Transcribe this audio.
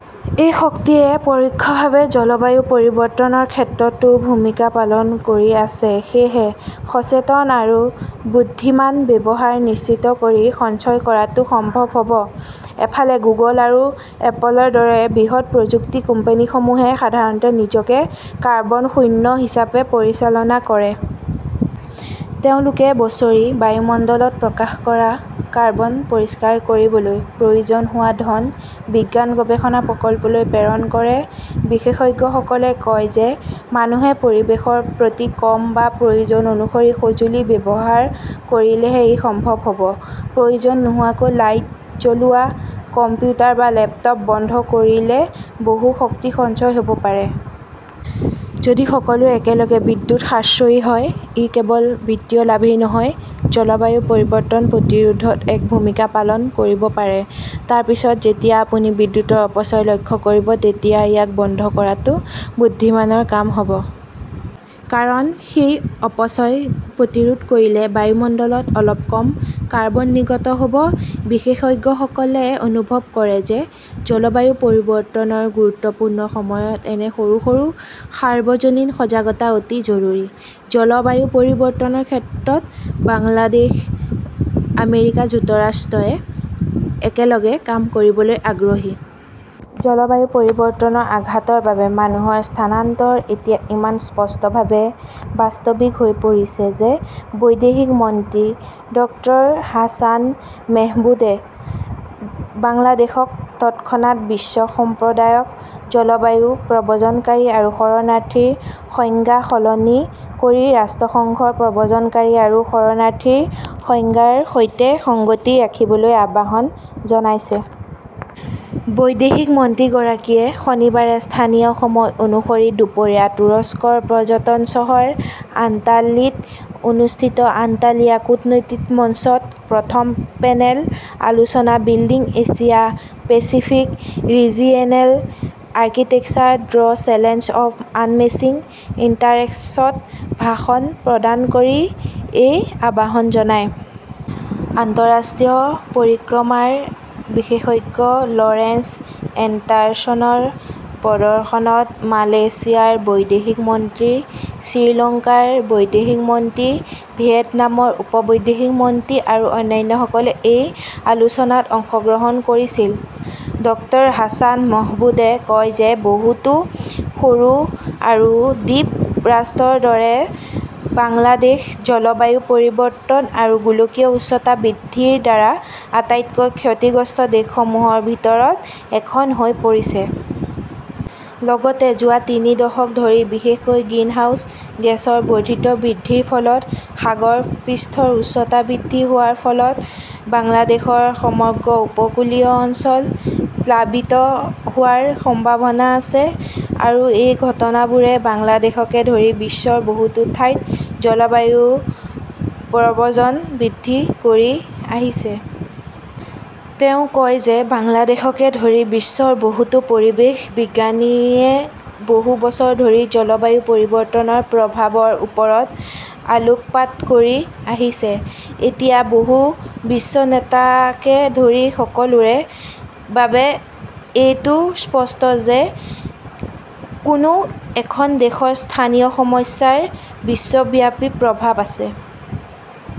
এই শক্তিয়ে পৰোক্ষভাৱে জলবায়ু পৰিৱৰ্তনৰ ক্ষেত্ৰতো ভূমিকা পালন কৰি আছে। সেয়েহে সচেতন আৰু বুদ্ধিমান ব্যৱহাৰ নিশ্চিত কৰি সঞ্চয় কৰাটো সম্ভৱ হ'ব। এফালে, গুগল আৰু এপলৰ দৰে বৃহৎ প্ৰযুক্তি কোম্পানীসমূহে সাধাৰণতে নিজকে কাৰ্বন শূন্য হিচাপে পৰিচালনা কৰে। তেওঁলোকে বছৰি বায়ুমণ্ডলত প্ৰকাশ কৰা কাৰ্বন পৰিষ্কাৰ কৰিবলৈ প্ৰয়োজন হোৱা ধন, বিজ্ঞান গৱেষণা প্ৰকল্পলৈ প্ৰেৰণ কৰে। বিশেষজ্ঞসকলে কয় যে, মানুহে পৰিৱেশৰ প্ৰতি কম বা প্ৰয়োজন অনুসৰি সঁজুলি ব্যৱহাৰ কৰিলেহে ই সম্ভৱ হ'ব। প্ৰয়োজন নোহোৱাকৈ লাইট জ্বলোৱা, কম্পিউটাৰ বা লেপটপ বন্ধ কৰিলে বহু শক্তি সঞ্চয় হ'ব পাৰে। যদি সকলোৱে একেলগে বিদ্যুৎ সাশ্ৰয়ী হয়, ই কেৱল বিত্তীয় লাভেই নহয়, জলবায়ু পৰিৱৰ্তন প্ৰতিৰোধত এক ভূমিকা পালন কৰিব পাৰে। তাৰ পিছত যেতিয়া আপুনি বিদ্যুৎৰ অপচয় লক্ষ্য কৰিব, তেতিয়া ইয়াক বন্ধ কৰাটো বুদ্ধিমানৰ কাম হ'ব। কাৰণ, সেই অপচয় প্ৰতিৰোধ কৰিলে বায়ুমণ্ডলত অলপ কম কাৰ্বন নিৰ্গত হ'ব। বিশেষজ্ঞসকলে অনুভৱ কৰে যে, জলবায়ু পৰিৱৰ্তনৰ গুৰুত্বপূৰ্ণ সময়ত এনে সৰু সৰু সাৰ্বজনীন সজাগতা অতি জৰুৰী। জলবায়ু পৰিৱৰ্তনৰ ক্ষেত্ৰত বাংলাদেশ, আমেৰিকা যুক্তৰাষ্ট্ৰই একেলগে কাম কৰিবলৈ আগ্ৰহী। জলবায়ু পৰিৱৰ্তনৰ আঘাতৰ বাবে মানুহৰ স্থানান্তৰ এতিয়া ইমান স্পষ্টভাৱে বাস্তৱিক হৈ পৰিছে যে বৈদেশিক মন্ত্ৰী ডক্তৰ হাছান মাহমুদে বাংলাদেশক তৎক্ষণাত বিশ্ব সম্প্ৰদায়ক জলবায়ু প্ৰব্ৰজনকাৰী আৰু শৰণাৰ্থীৰ সংজ্ঞা সলনি কৰি ৰাষ্ট্ৰসংঘৰ প্ৰব্ৰজনকাৰী আৰু শৰণাৰ্থীৰ সংজ্ঞাৰ সৈতে সংগতি ৰাখিবলৈ আহ্বান জনাইছে। বৈদেশিক মন্ত্ৰীগৰাকীয়ে শনিবাৰে স্থানীয় সময় অনুসৰি দুপৰীয়া তুৰস্কৰ পৰ্যটন চহৰ আন্তালিত অনুষ্ঠিত আন্তালিয়া কূটনৈতিক মঞ্চৰ প্ৰথম পেনেল আলোচনা, 'building Asia Pacific regional architectures: the challenge of unmatching ইণ্টেৰেষ্টছ'ত ভাষণ প্ৰদান কৰি এই আহ্বান জনায়। আন্তঃৰাষ্ট্ৰীয় পৰিক্ৰমাৰ বিশেষজ্ঞ লৰেন্স এণ্ডাৰছনৰ প্ৰদৰ্শনত মালয়েছিয়াৰ বৈদেশিক মন্ত্ৰী, শ্ৰীলংকাৰ বৈদেশিক মন্ত্ৰী, ভিয়েটনামৰ উপ-বৈদেশিক মন্ত্ৰী আৰু অন্যান্যসকলে এই আলোচনাত অংশগ্ৰহণ কৰিছিল। ডক্তৰ হাছান মাহমুদে কয় যে, বহুতো সৰু আৰু দ্বীপ ৰাষ্ট্ৰৰ দৰে বাংলাদেশ জলবায়ু পৰিৱৰ্তন আৰু গোলকীয় উষ্ণতা বৃদ্ধিৰ দ্বাৰা আটাইতকৈ ক্ষতিগ্ৰস্ত দেশসমূহৰ ভিতৰত এখন হৈ পৰিছে। লগতে যোৱা তিনি দশক ধৰি বিশেষকৈ গ্ৰীণহাউছ গেছৰ বৰ্ধিত বৃদ্ধিৰ ফলত সাগৰপৃষ্ঠৰ উচ্চতা বৃদ্ধি হোৱাৰ ফলত, বাংলাদেশৰ সমগ্ৰ উপকূলীয় অঞ্চল প্লাবিত হোৱাৰ সম্ভাৱনা আছে আৰু এই ঘটনাবোৰে বাংলাদেশকে ধৰি বিশ্বৰ বহু ঠাইত জলবায়ু প্ৰব্ৰজন বৃদ্ধি কৰি আহিছে। তেওঁ কয় যে বাংলাদেশকে ধৰি বিশ্বৰ বহুতো পৰিৱেশ বিজ্ঞানীয়ে বহু বছৰ ধৰি জলবায়ু পৰিৱৰ্তনৰ প্ৰভাৱৰ ওপৰত আলোকপাত কৰি আহিছে। এতিয়া বহু বিশ্ব নেতাকে ধৰি সকলোৰে বাবে এইটো স্পষ্ট যে, কোনো এখন দেশৰ স্থানীয় সমস্যাৰ বিশ্বব্যাপী প্ৰভাৱ আছে।